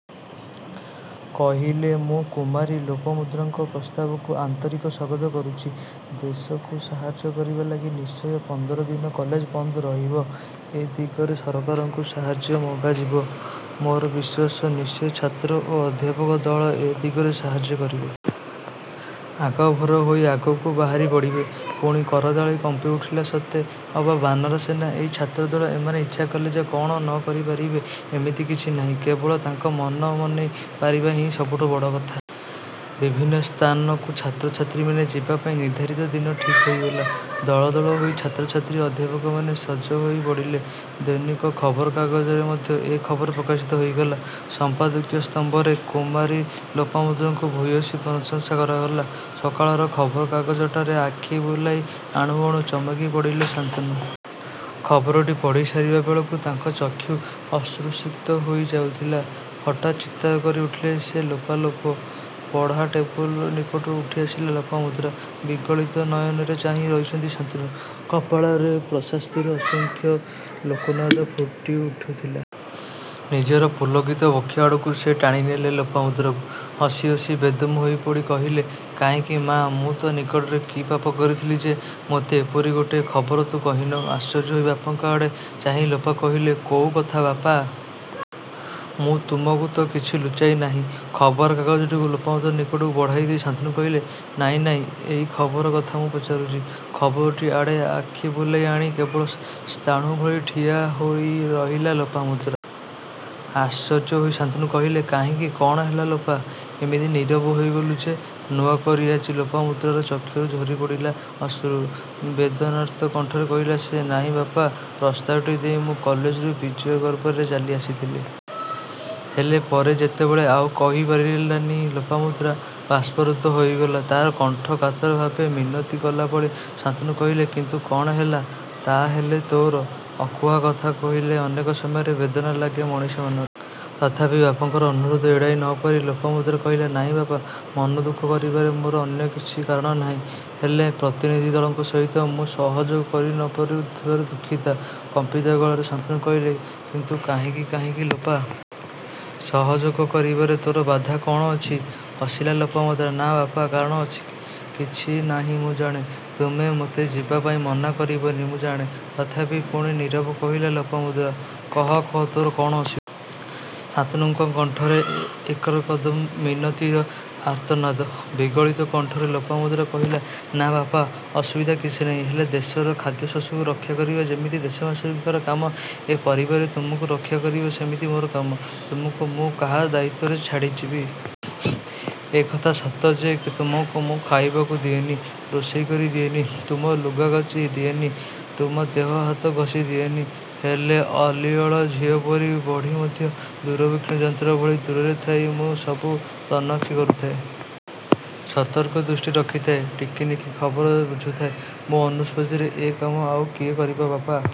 କହିଲେ ମୁଁ କୁମାରୀ ଲୋପାମୁଦ୍ରାଙ୍କ ପ୍ରସ୍ତାବକୁ ଆନ୍ତରିକ ସ୍ୱାଗତ କରୁଛି। ଦେଶକୁ ସାହାଯ୍ୟ କରିବା ଲାଗି ନିଶ୍ଚୟ ପନ୍ଦର ଦିନ କଲେଜ ବନ୍ଦ ରହିବ। ଏ ଦିଗରେ ସରକାରଙ୍କୁ ସାହାଯ୍ୟ ମଗାଯିବ। ମୋର ବିଶ୍ୱାସ ନିଶ୍ଚୟ ଛାତ୍ର ଓ ଅଧ୍ୟାପକ ଦଳ ଏ ଦିଗରେ ସାହାଯ୍ୟ କରିବେ। ଆଗଭର ହୋଇ ଆଗକୁ ବାହାରି ପଡ଼ିବେ। ପୁଣି କରତାଳି କମ୍ପିଉଠିଲା ସତେ ଅବା ବାନର ସେନା ଏହି ଛାତ୍ର ଦଳ ଏମାନେ ଇଚ୍ଛା କଲେ ଯେ କ'ଣ ନ କରି ପାରିବେ ଏମିତି କିଛି ନାହିଁ। କେବଳ ତାଙ୍କ ମନ ମନେଇ ପାରିବା ହିଁ ସବୁଠୁ ବଡ଼ କଥା। ବିଭିନ୍ନ ସ୍ଥାନକୁ ଛାତ୍ର ଛାତ୍ରୀମାନେ ଯିବାପାଇଁ ନିର୍ଦ୍ଧାରିତ ଦିନ ଠିକ୍ ହୋଇଗଲା। ଦଳ ଦଳ ହୋଇ ଛାତ୍ର ଛାତ୍ରୀ ଅଧ୍ୟାପକମାନେ ସଜ ହୋଇ ପଡ଼ିଲେ। ଦୈନିକ ଖବରକାଗଜରେ ମଧ୍ୟ ଏ ଖବର ପ୍ରକାଶିତ ହୋଇଗଲା। ସମ୍ପାଦକୀୟ ସ୍ତମ୍ଭରେ କୁମାରୀ ଲୋପାମୁଦ୍ରାଙ୍କୁ ଭୂୟସୀ ପ୍ରଶଂସା କରାଗଲା। ସକାଳର ଖବରକାଗଜଟାରେ ଆଖି ବୁଲାଇ ଆଣୁ ଆଣୁ ଚମକି ପଡ଼ିଲେ ଶାନ୍ତନୁ। ଖବରଟି ପଢ଼ି ସାରିବା ବେଳକୁ ତାଙ୍କ ଚକ୍ଷୁ ଅଶ୍ରୁସିକ୍ତ ହୋଇ ଯାଉଥିଲା। ହଠାତ୍ ଚିତ୍କାର କରି ଉଠିଲେ ସେ ଲୋପା ଲୋପ! ପଢ଼ା ଟେବୁଲ ନିକଟକୁ ଉଠିଆସିଲା ଲୋପାମୁଦ୍ରା। ବିଗଳିତ ନୟନରେ ଚାହିଁ ରହିଛନ୍ତି ଶାନ୍ତନୁ। କପାଳରେ ପ୍ରଶାସ୍ତିର ଅସଂଖ୍ୟ କୋକନଦ ଫୁଟି ଉଠୁଥିଲା। ନିଜର ପୁଲକିତ ବକ୍ଷ ଆଡ଼କୁ ସେ ଟାଣିନେଲେ ଲୋପାମୁଦ୍ରାକୁ। ହସି ହସି ବେଦମ୍ ହୋଇପଡ଼ି କହିଲେ କାହିଁକି ମାଆ ମୁଁ ତୋ ନିକଟରେ କି ପାପ କରିଥିଲି ଯେ ମୋତେ ଏପରି ଗୋଟିଏ ଖବର ତୁ କହିନାହୁଁ। ଆଶ୍ଚର୍ଯ୍ୟ ହୋଇ ବାପାଙ୍କ ଆଡ଼େ ଚାହିଁ ଲୋପା କହିଲା କୋଉ କଥା ବାପା! ମୁଁ ତୁମକୁ ତ' କିଛି ଲୁଚାଇ ନାହିଁ? ଖବରକାଗଜଟାକୁ ଲୋପାମୁଦ୍ରା ନିକଟକୁ ବଢ଼ାଇ ଦେଇ ଶାନ୍ତନୁ କହିଲେ ନାଇଁ ନାଇଁ ଏଇ ଖବର କଥା ମୁଁ ପଚାରୁଛି। ଖବରଟି ଆଡ଼େ ଆଖି ବୁଲାଇ ଆଣି କେବଳ ସ୍ଥାଣୁ ଭଳି ଠିଆ ହୋଇ ରହିଲା ଲୋପାମୁଦ୍ରା। ଆଶ୍ଚର୍ଯ୍ୟ ହୋଇ ଶାନ୍ତନୁ କହିଲେ କାହିଁକି କ'ଣ ହେଲା ଲୋପା! ଏମିତି ନୀରବ ହୋଇଗଲୁ ଯେ? ନୂଆ କରି ଆଜି ଲୋପାମୁଦ୍ରାର ଚକ୍ଷୁରୁ ଝରିପଡ଼ିଲା ଅଶ୍ରୁ। ବେଦନାର୍ତ୍ତ କଣ୍ଠରେ କହିଲା ସେ ନାଇଁ ବାପା! ପ୍ରସ୍ତାବଟି ଦେଇ ମୁଁ କଲେଜରୁ ବିଜୟ ଗର୍ବରେ ଚାଲି ଆସିଥିଲି। ହେଲେ ପରେ ଯେତେବେଳେ ଆଉ କହି ପାରିଲାନି ଲୋପାମୁଦ୍ରା। ବାଷ୍ପରୁଦ୍ଧ ହୋଇଗଲା ତା'ର କଣ୍ଠ କାତର ଭାବେ ମିନତି କଲା ଭଳି ଶାନ୍ତନୁ କହିଲେ କିନ୍ତୁ କ'ଣ ହେଲା ତା' ହେଲେ ତୋର? ଅକୁହା କଥା କହିଲେ ଅନେକ ସମୟରେ ବେଦନା ଲାଗେ ମଣିଷ ମନରେ। ତଥାପି ବାପାଙ୍କର ଅନୁରୋଧ ଏଡ଼ାଇ ନ ପାରି ଲୋପାମୁଦ୍ରା କହିଲା ନାଇଁ ବାପା ମନ ଦୁଃଖ କରିବାରେ ମୋର ଅନ୍ୟ କିଛି କାରଣ ନାହିଁ। ହେଲେ ପ୍ରତିନିଧି ଦଳଙ୍କ ସହିତ ମୁଁ ସହଯୋଗ କରି ନ ପାରୁ ଥିବାରୁ ଦୁଃଖିତା। କମ୍ପିତ ଗଳାରେ ଶାନ୍ତନୁ କହିଲେ କିନ୍ତୁ କାହିଁକି କାହିଁକି ଲୋପା! ସହଯୋଗ କରିବାରେ ତୋର ବାଧା କ'ଣ ଅଛି? '' ହସିଲା ଲୋପାମୁଦ୍ରା। ''ନାଁ ବାପା! କାରଣ ଅଛି କିଛି ନାହିଁ ମୁଁ ଜାଣେ। ତୁମେ ମୋତେ ଯିବା ପାଇଁ ମନା କରିବନି ମୁଁ ଜାଣେ। ତଥାପି ''ପୁଣି ନୀରବ କହିଲା ଲୋପାମୁଦ୍ରା। ''କହ କହ ତୋର କ'ଣ ଅସୁ ଶାନ୍ତନୁଙ୍କ କଣ୍ଠରେ ଏ ଏକରକଦମ୍ ମିନତିର ଆର୍ତ୍ତନାଦ। ବିଗଳିତ କଣ୍ଠରେ ଲୋପାମୁଦ୍ରା କହିଲା ନାଁ ବାପା! ଅସୁବିଧା କିଛିନାହିଁ। ହେଲେ ଦେଶର ଖାଦ୍ୟଶସ୍ୟକୁ ରକ୍ଷା କରିବା ଯେମିତି ଦେଶବାସୀଙ୍କର କାମ, ଏ ପରିବାରରେ ତୁମକୁ ରକ୍ଷା କରିବା ସେମିତି ମୋର କାମ। ତୁମକୁ ମୁଁ କାହା ଦାୟିତ୍ୱରେ ଛାଡ଼ିଯିବି? ଏ କଥା ସତ ଯେ ତୁମକୁ ମୁଁ ଖାଇବାକୁ ଦିଏନି, ରୋଷେଇ କରି ଦିଏନି, ତୁମ ଲୁଗା କାଚି ଦିଏନି, ତୁମ ଦେହ ହାତ ଘଷି ଦିଏନି। ହେଲେ ଅଲିଅଳ ଝିଅପରି ବଢ଼ି ମଧ୍ୟ ଦୂରବୀକ୍ଷଣ ଯନ୍ତ୍ର ଭଳି ଦୂରରେ ଥାଇ ମୁଁ ସବୁ ତନଖି କରୁଥାଏ। ସତର୍କ ଦୃଷ୍ଟି ରଖିଥାଏ। ଟିକିନିଖି ଖବର ବୁଝୁଥାଏ। ମୋ ଅନୁପସ୍ଥିତିରେ ଏ କାମ ଆଉ କିଏ କରିବ ବାପା!